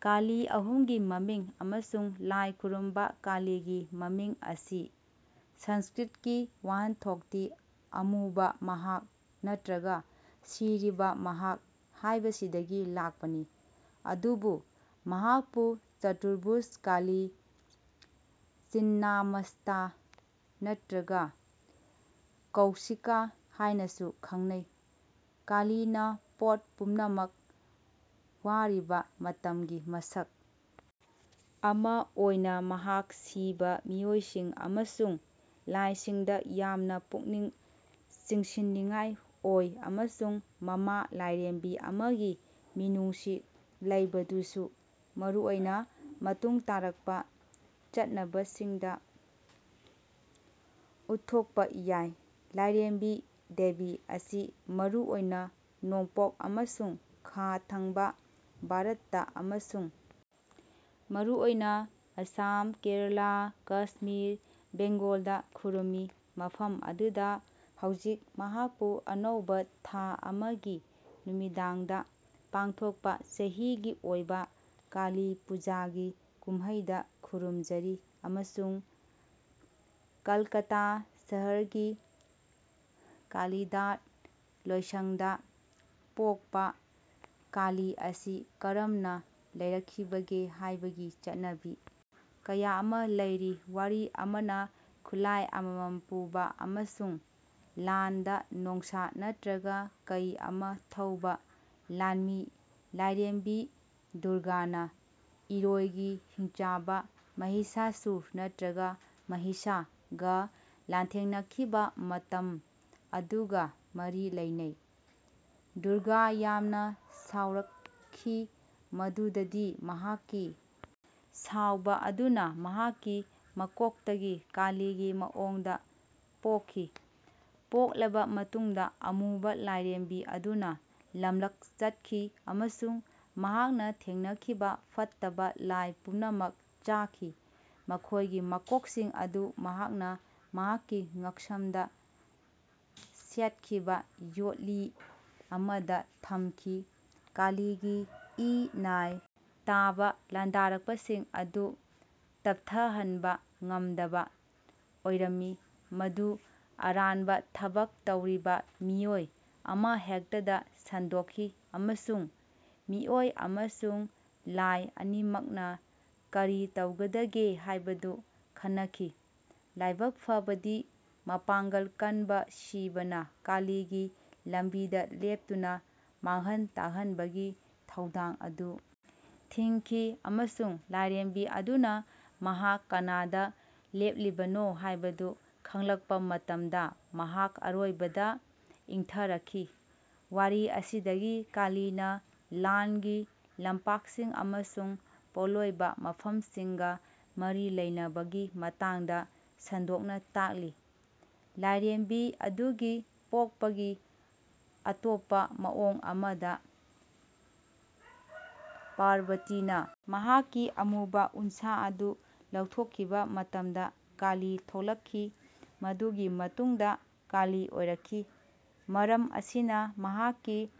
ꯀꯥꯂꯤ ꯑꯍꯨꯝꯒꯤ ꯃꯃꯤꯡ ꯑꯃꯁꯨꯡ ꯂꯥꯏ ꯈꯨꯔꯨꯝꯕ ꯀꯥꯂꯤꯒꯤ ꯃꯃꯤꯡ ꯑꯁꯤ ꯁꯪꯁꯀ꯭ꯔꯤꯠꯀꯤ ꯋꯥꯍꯟꯊꯣꯛꯇꯤ ꯑꯃꯨꯕ ꯃꯍꯥꯛ' ꯅꯠꯇ꯭ꯔꯒ ꯁꯤꯔꯤꯕ ꯃꯍꯥꯛ' ꯍꯥꯏꯕꯁꯤꯗꯒꯤ ꯂꯥꯛꯄꯅꯤ, ꯑꯗꯨꯕꯨ ꯃꯍꯥꯛꯄꯨ ꯆꯇꯨꯔꯚꯨꯖ ꯀꯥꯂꯤ, ꯆꯤꯟꯅꯃꯁꯇꯥ ꯅꯠꯇ꯭ꯔꯒ ꯀꯧꯁꯤꯀꯥ ꯍꯥꯏꯅꯁꯨ ꯈꯪꯅꯩ꯫ ꯀꯥꯂꯤꯅ ꯄꯣꯠ ꯄꯨꯝꯅꯃꯛ ꯋꯥꯔꯤꯕ ꯃꯇꯝꯒꯤ ꯃꯁꯛ ꯑꯃ ꯑꯣꯏꯅ ꯃꯍꯥꯛ ꯁꯤꯕ ꯃꯤꯑꯣꯏꯁꯤꯡ ꯑꯃꯁꯨꯡ ꯂꯥꯏꯁꯤꯡꯗ ꯌꯥꯝꯅ ꯄꯨꯛꯅꯤꯡ ꯆꯤꯡꯁꯤꯟꯅꯤꯡꯉꯥꯏ ꯑꯣꯏ ꯑꯃꯁꯨꯡ ꯃꯃꯥ ꯂꯥꯏꯔꯦꯝꯕꯤ ꯑꯃꯒꯤ ꯃꯤꯅꯨꯡꯁꯤ ꯂꯩꯕꯗꯨꯁꯨ (ꯃꯔꯨꯑꯣꯏꯅ ꯃꯇꯨꯡ ꯇꯥꯔꯛꯄ ꯆꯠꯅꯕꯁꯤꯡꯗ) ꯎꯠꯊꯣꯛꯄ ꯌꯥꯏ꯫ ꯂꯥꯏꯔꯦꯝꯕꯤ (ꯗꯦꯕꯤ) ꯑꯁꯤ ꯃꯔꯨꯑꯣꯏꯅ ꯅꯣꯡꯄꯣꯛ ꯑꯃꯁꯨꯡ ꯈꯥ ꯊꯪꯕ ꯚꯥꯔꯠꯇ ꯑꯃꯁꯨꯡ ꯃꯔꯨꯑꯣꯏꯅ ꯑꯁꯥꯝ, ꯀꯦꯔꯂꯥ, ꯀꯁꯃꯤꯔ, ꯕꯦꯡꯒꯣꯜꯗ ꯈꯨꯔꯨꯝꯃꯤ ꯃꯐꯝ ꯑꯗꯨꯗ ꯍꯧꯖꯤꯛ ꯃꯍꯥꯛꯄꯨ ꯑꯅꯧꯕ ꯊꯥ ꯑꯃꯒꯤ ꯅꯨꯃꯤꯗꯥꯡꯗ ꯄꯥꯡꯊꯣꯛꯄ ꯆꯍꯤꯒꯤ ꯑꯣꯏꯕ ꯀꯥꯂꯤ ꯄꯨꯖꯥꯒꯤ ꯀꯨꯝꯍꯩꯗ ꯈꯨꯔꯨꯝꯖꯔꯤ ꯑꯃꯁꯨꯡ ꯀꯜꯀꯥꯇꯥ ꯁꯍꯔꯒꯤ ꯀꯥꯂꯤꯘꯥꯠ ꯂꯣꯏꯁꯪꯗ ꯄꯣꯛꯄ ꯀꯥꯂꯤ ꯑꯁꯤ ꯀꯔꯝꯅ ꯂꯩꯔꯛꯈꯤꯕꯒꯦ ꯍꯥꯏꯕꯒꯤ ꯆꯠꯅꯕꯤ ꯀꯌꯥ ꯑꯃ ꯂꯩꯔꯤ꯫ ꯋꯥꯔꯤ ꯑꯃꯅ ꯈꯨꯠꯂꯥꯏ ꯑꯃꯃꯝ ꯄꯨꯕ ꯑꯃꯁꯨꯡ ꯂꯥꯟꯗ ꯅꯣꯡꯁꯥ ꯅꯠꯇ꯭ꯔꯒ ꯀꯩ ꯑꯃ ꯊꯧꯕ ꯂꯥꯟꯃꯤ ꯂꯥꯏꯔꯦꯝꯕꯤ ꯗꯨꯔꯒꯥꯅ ꯏꯔꯣꯏꯒꯤ ꯍꯤꯡꯆꯥꯕ ꯃꯍꯤꯁꯥꯁꯨꯔ (ꯅꯠꯇ꯭ꯔꯒ ꯃꯍꯤꯁꯥ)ꯒ ꯂꯥꯟꯊꯦꯡꯅꯈꯤꯕ ꯃꯇꯝ ꯑꯗꯨꯒ ꯃꯔꯤ ꯂꯩꯅꯩ꯫ ꯗꯨꯔꯒꯥ ꯌꯥꯝꯅ ꯁꯥꯎꯔꯛꯈꯤ ꯃꯗꯨꯗꯗꯤ ꯃꯍꯥꯛꯀꯤ ꯁꯥꯎꯕ ꯑꯗꯨꯅ ꯃꯍꯥꯛꯀꯤ ꯃꯀꯣꯛꯇꯒꯤ ꯀꯥꯂꯤꯒꯤ ꯃꯑꯣꯡꯗ ꯄꯣꯛꯈꯤ꯫ ꯄꯣꯛꯂꯕ ꯃꯇꯨꯡꯗ ꯑꯃꯨꯕ ꯂꯥꯏꯔꯦꯝꯕꯤ ꯑꯗꯨꯅ ꯂꯝꯂꯛ ꯆꯠꯈꯤ ꯑꯃꯁꯨꯡ ꯃꯍꯥꯛꯅ ꯊꯦꯡꯅꯈꯤꯕ ꯐꯠꯇꯕ ꯂꯥꯏ ꯄꯨꯝꯅꯃꯛ ꯆꯥꯈꯤ, ꯃꯈꯣꯏꯒꯤ ꯃꯀꯣꯛꯁꯤꯡ ꯑꯗꯨ ꯃꯍꯥꯛꯅ ꯃꯍꯥꯛꯀꯤ ꯉꯛꯁꯝꯗ ꯁꯦꯠꯈꯤꯕ ꯌꯣꯠꯂꯤ ꯑꯃꯗ ꯊꯝꯈꯤ꯫ ꯀꯥꯂꯤꯒꯤ ꯏ-ꯅꯥꯏ ꯇꯥꯕ ꯂꯥꯟꯗꯥꯔꯛꯄꯁꯤꯡ ꯑꯗꯨ ꯇꯞꯊꯍꯟꯕ ꯉꯝꯗꯕ ꯑꯣꯏꯔꯝꯃꯤ, ꯃꯗꯨ ꯑꯔꯥꯟꯕ ꯊꯕꯛ ꯇꯧꯔꯤꯕ ꯃꯤꯑꯣꯏ ꯑꯃꯍꯦꯛꯇꯗ ꯁꯟꯗꯣꯛꯈꯤ, ꯑꯃꯁꯨꯡ ꯃꯤꯑꯣꯏ ꯑꯃꯁꯨꯡ ꯂꯥꯏ ꯑꯅꯤꯃꯛꯅ ꯀꯔꯤ ꯇꯧꯒꯗꯒꯦ ꯍꯥꯏꯕꯗꯨ ꯈꯟꯅꯈꯤ꯫ ꯂꯥꯏꯕꯛ ꯐꯕꯗꯤ, ꯃꯄꯥꯡꯒꯜ ꯀꯟꯕ ꯁꯤꯕꯅ ꯀꯥꯂꯤꯒꯤ ꯂꯝꯕꯤꯗ ꯂꯦꯞꯇꯨꯅ ꯃꯥꯡꯍꯟ-ꯇꯥꯛꯍꯟꯕꯒꯤ ꯊꯧꯗꯥꯡ ꯑꯗꯨ ꯊꯤꯡꯈꯤ, ꯑꯃꯁꯨꯡ ꯂꯥꯏꯔꯦꯝꯕꯤ ꯑꯗꯨꯅ ꯃꯍꯥꯛ ꯀꯅꯥꯗ ꯂꯦꯞꯂꯤꯕꯅꯣ ꯍꯥꯏꯕꯗꯨ ꯈꯪꯂꯛꯄ ꯃꯇꯝꯗ ꯃꯍꯥꯛ ꯑꯔꯣꯏꯕꯗ ꯏꯪꯊꯔꯛꯈꯤ꯫ ꯋꯥꯔꯤ ꯑꯁꯤꯗꯒꯤ ꯀꯥꯂꯤꯅ ꯂꯥꯟꯒꯤ ꯂꯝꯄꯥꯛꯁꯤꯡ ꯑꯃꯁꯨꯡ ꯄꯣꯠꯂꯣꯏꯕ ꯃꯐꯝꯁꯤꯡꯒ ꯃꯔꯤ ꯂꯩꯅꯕꯒꯤ ꯃꯇꯥꯡꯗ ꯁꯟꯗꯣꯛꯅ ꯇꯥꯛꯂꯤ꯫ ꯂꯥꯏꯔꯦꯝꯕꯤ ꯑꯗꯨꯒꯤ ꯄꯣꯛꯄꯒꯤ ꯑꯇꯣꯞꯄ ꯃꯑꯣꯡ ꯑꯃꯗ, ꯄꯥꯔꯕꯇꯤꯅ ꯃꯍꯥꯛꯀꯤ ꯑꯃꯨꯕ ꯎꯟꯁꯥ ꯑꯗꯨ ꯂꯧꯊꯣꯛꯈꯤꯕ ꯃꯇꯝꯗ ꯀꯥꯂꯤ ꯊꯣꯛꯂꯛꯈꯤ꯫ ꯃꯗꯨꯒꯤ ꯃꯇꯨꯡꯗ ꯀꯥꯂꯤ ꯑꯣꯏꯔꯛꯈꯤ, ꯃꯔꯝ ꯑꯁꯤꯅ ꯃꯍꯥꯛꯀꯤ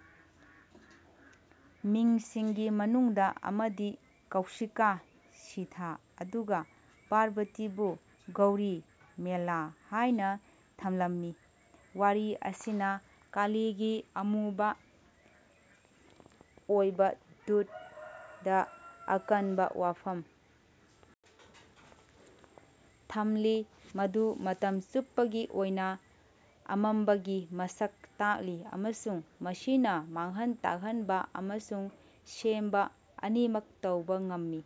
ꯃꯤꯡꯁꯤꯡꯒꯤ ꯃꯅꯨꯡꯗ ꯑꯃꯗꯤ ꯀꯧꯁꯤꯀꯥ (ꯁꯤꯊ), ꯑꯗꯨꯒ ꯄꯥꯔꯕꯇꯤꯕꯨ ꯒꯧꯔꯤ (ꯃꯦꯂꯥ) ꯍꯥꯏꯅ ꯊꯝꯂꯝꯃꯤ꯫ ꯋꯥꯔꯤ ꯑꯁꯤꯅ ꯀꯥꯂꯤꯒꯤ ꯑꯃꯨꯕ ꯑꯣꯏꯕꯗꯨꯗ ꯑꯀꯟꯕ ꯋꯥꯐꯝ ꯊꯝꯂꯤ ꯃꯗꯨ ꯃꯇꯝ ꯆꯨꯞꯄꯒꯤ ꯑꯣꯏꯅ ꯑꯃꯝꯕꯒꯤ ꯃꯁꯛ ꯇꯥꯛꯂꯤ ꯑꯃꯁꯨꯡ ꯃꯁꯤꯅ ꯃꯥꯡꯍꯟ ꯇꯥꯛꯍꯟꯕ ꯑꯃꯁꯨꯡ ꯁꯦꯝꯕ ꯑꯅꯤꯃꯛ ꯇꯧꯕ ꯉꯝꯃꯤ꯫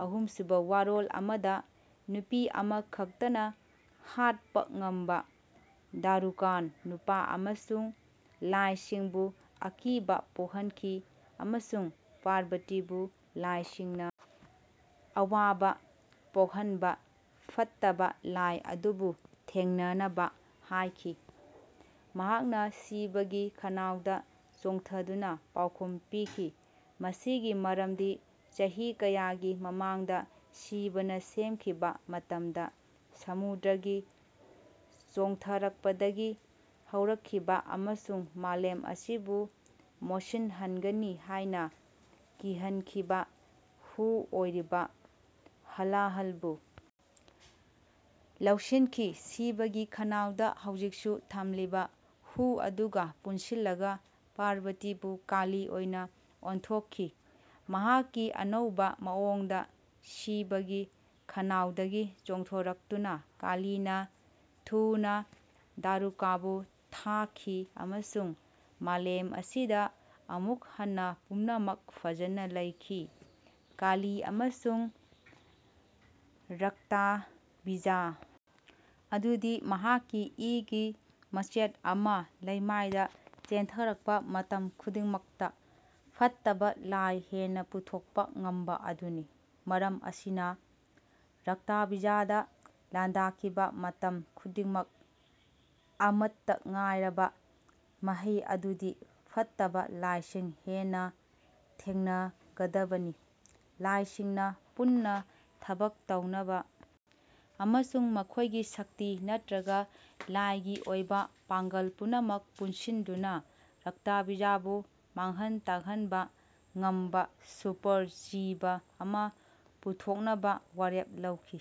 ꯑꯍꯨꯝꯁꯨꯕ ꯋꯥꯔꯣꯜ ꯑꯃꯗ, ꯅꯨꯄꯤ ꯑꯃꯈꯛꯇꯅ ꯍꯥꯠꯄ ꯉꯝꯕ ꯗꯥꯔꯨꯀꯥꯟ ꯅꯨꯄꯥ ꯑꯃꯁꯨꯡ ꯂꯥꯏꯁꯤꯡꯕꯨ ꯑꯀꯤꯕ ꯄꯣꯛꯍꯟꯈꯤ, ꯑꯃꯁꯨꯡ ꯄꯥꯔꯕꯇꯤꯕꯨ ꯂꯥꯏꯁꯤꯡꯅ ꯑꯋꯥꯕ ꯄꯣꯛꯍꯟꯕ ꯐꯠꯇꯕ ꯂꯥꯏ ꯑꯗꯨꯕꯨ ꯊꯦꯡꯅꯅꯕ ꯍꯥꯏꯈꯤ꯫ ꯃꯍꯥꯛꯅ ꯁꯤꯕꯒꯤ ꯈꯅꯥꯎꯗ ꯆꯣꯡꯊꯗꯨꯅ ꯄꯥꯎꯈꯨꯝ ꯄꯤꯈꯤ꯫ ꯃꯁꯤꯒꯤ ꯃꯔꯝꯗꯤ ꯆꯍꯤ ꯀꯌꯥꯒꯤ ꯃꯃꯥꯡꯗ ꯁꯤꯕꯅ ꯁꯦꯝꯈꯤꯕ ꯃꯇꯝꯗ ꯁꯃꯨꯗ꯭ꯔꯒꯤ ꯆꯣꯡꯊꯔꯛꯄꯗꯒꯤ ꯍꯧꯔꯛꯈꯤꯕ ꯑꯃꯁꯨꯡ ꯃꯥꯂꯦꯝ ꯑꯁꯤꯕꯨ ꯃꯣꯠꯁꯤꯟꯍꯟꯒꯅꯤ ꯍꯥꯏꯅ ꯀꯤꯍꯟꯈꯤꯕ ꯍꯨ ꯑꯣꯏꯔꯤꯕ ꯍꯂꯥꯍꯜꯕꯨ ꯂꯧꯁꯤꯟꯈꯤ꯫ ꯁꯤꯕꯒꯤ ꯈꯅꯥꯎꯗ ꯍꯧꯖꯤꯛꯁꯨ ꯊꯝꯂꯤꯕ ꯍꯨ ꯑꯗꯨꯒ ꯄꯨꯟꯁꯤꯜꯂꯒ ꯄꯥꯔꯕꯇꯤꯕꯨ ꯀꯥꯂꯤ ꯑꯣꯏꯅ ꯑꯣꯟꯊꯣꯛꯈꯤ꯫ ꯃꯍꯥꯛꯀꯤ ꯑꯅꯧꯕ ꯃꯑꯣꯡꯗ ꯁꯤꯕꯒꯤ ꯈꯅꯥꯎꯗꯒꯤ ꯆꯣꯡꯊꯔꯛꯇꯨꯅ, ꯀꯥꯂꯤꯅ ꯊꯨꯅ ꯗꯥꯔꯨꯀꯥꯕꯨ ꯊꯥꯈꯤ ꯑꯃꯁꯨꯡ ꯃꯥꯂꯦꯝ ꯑꯁꯤꯗ ꯑꯃꯨꯛ ꯍꯟꯅ ꯄꯨꯝꯅꯃꯛ ꯐꯖꯅ ꯂꯩꯈꯤ꯫ ꯀꯥꯂꯤ ꯑꯃꯁꯨꯡ ꯔꯛꯇꯥꯕꯤꯖꯥ ꯑꯗꯨꯗꯤ ꯃꯍꯥꯛꯀꯤ ꯏꯒꯤ ꯃꯆꯦꯠ ꯑꯃ ꯂꯩꯃꯥꯏꯗ ꯆꯦꯟꯊꯔꯛꯄ ꯃꯇꯝ ꯈꯨꯗꯤꯡꯃꯛꯇ ꯐꯠꯇꯕ ꯂꯥꯏ ꯍꯦꯟꯅ ꯄꯨꯊꯣꯛꯄ ꯉꯝꯕ ꯑꯗꯨꯅꯤ꯫ ꯃꯔꯝ ꯑꯁꯤꯅ ꯔꯛꯇꯥꯕꯤꯖꯥꯗ ꯂꯥꯟꯗꯥꯈꯤꯕ ꯃꯇꯝ ꯈꯨꯗꯤꯡꯃꯛ ꯑꯃꯠꯇ ꯉꯥꯏꯔꯕ ꯃꯍꯩ ꯑꯗꯨꯗꯤ ꯐꯠꯇꯕ ꯂꯥꯏꯁꯤꯡ ꯍꯦꯟꯅ ꯊꯦꯡꯅꯒꯗꯕꯅꯤ꯫ ꯂꯥꯏꯁꯤꯡꯅ ꯄꯨꯟꯅ ꯊꯕꯛ ꯇꯧꯅꯕ ꯑꯃꯁꯨꯡ ꯃꯈꯣꯏꯒꯤ ꯁꯛꯇꯤ ꯅꯠꯇ꯭ꯔꯒ ꯂꯥꯏꯒꯤ ꯑꯣꯏꯕ ꯄꯥꯡꯒꯜ ꯄꯨꯝꯅꯃꯛ ꯄꯨꯟꯁꯤꯟꯗꯨꯅ ꯔꯛꯇꯥꯕꯤꯖꯕꯨ ꯃꯥꯡꯍꯟ ꯇꯥꯛꯍꯟꯕ ꯉꯝꯕ ꯁꯨꯄꯔ ꯖꯤꯕ ꯑꯃ ꯄꯨꯊꯣꯛꯅꯕ ꯋꯥꯔꯦꯞ ꯂꯧꯈꯤ꯫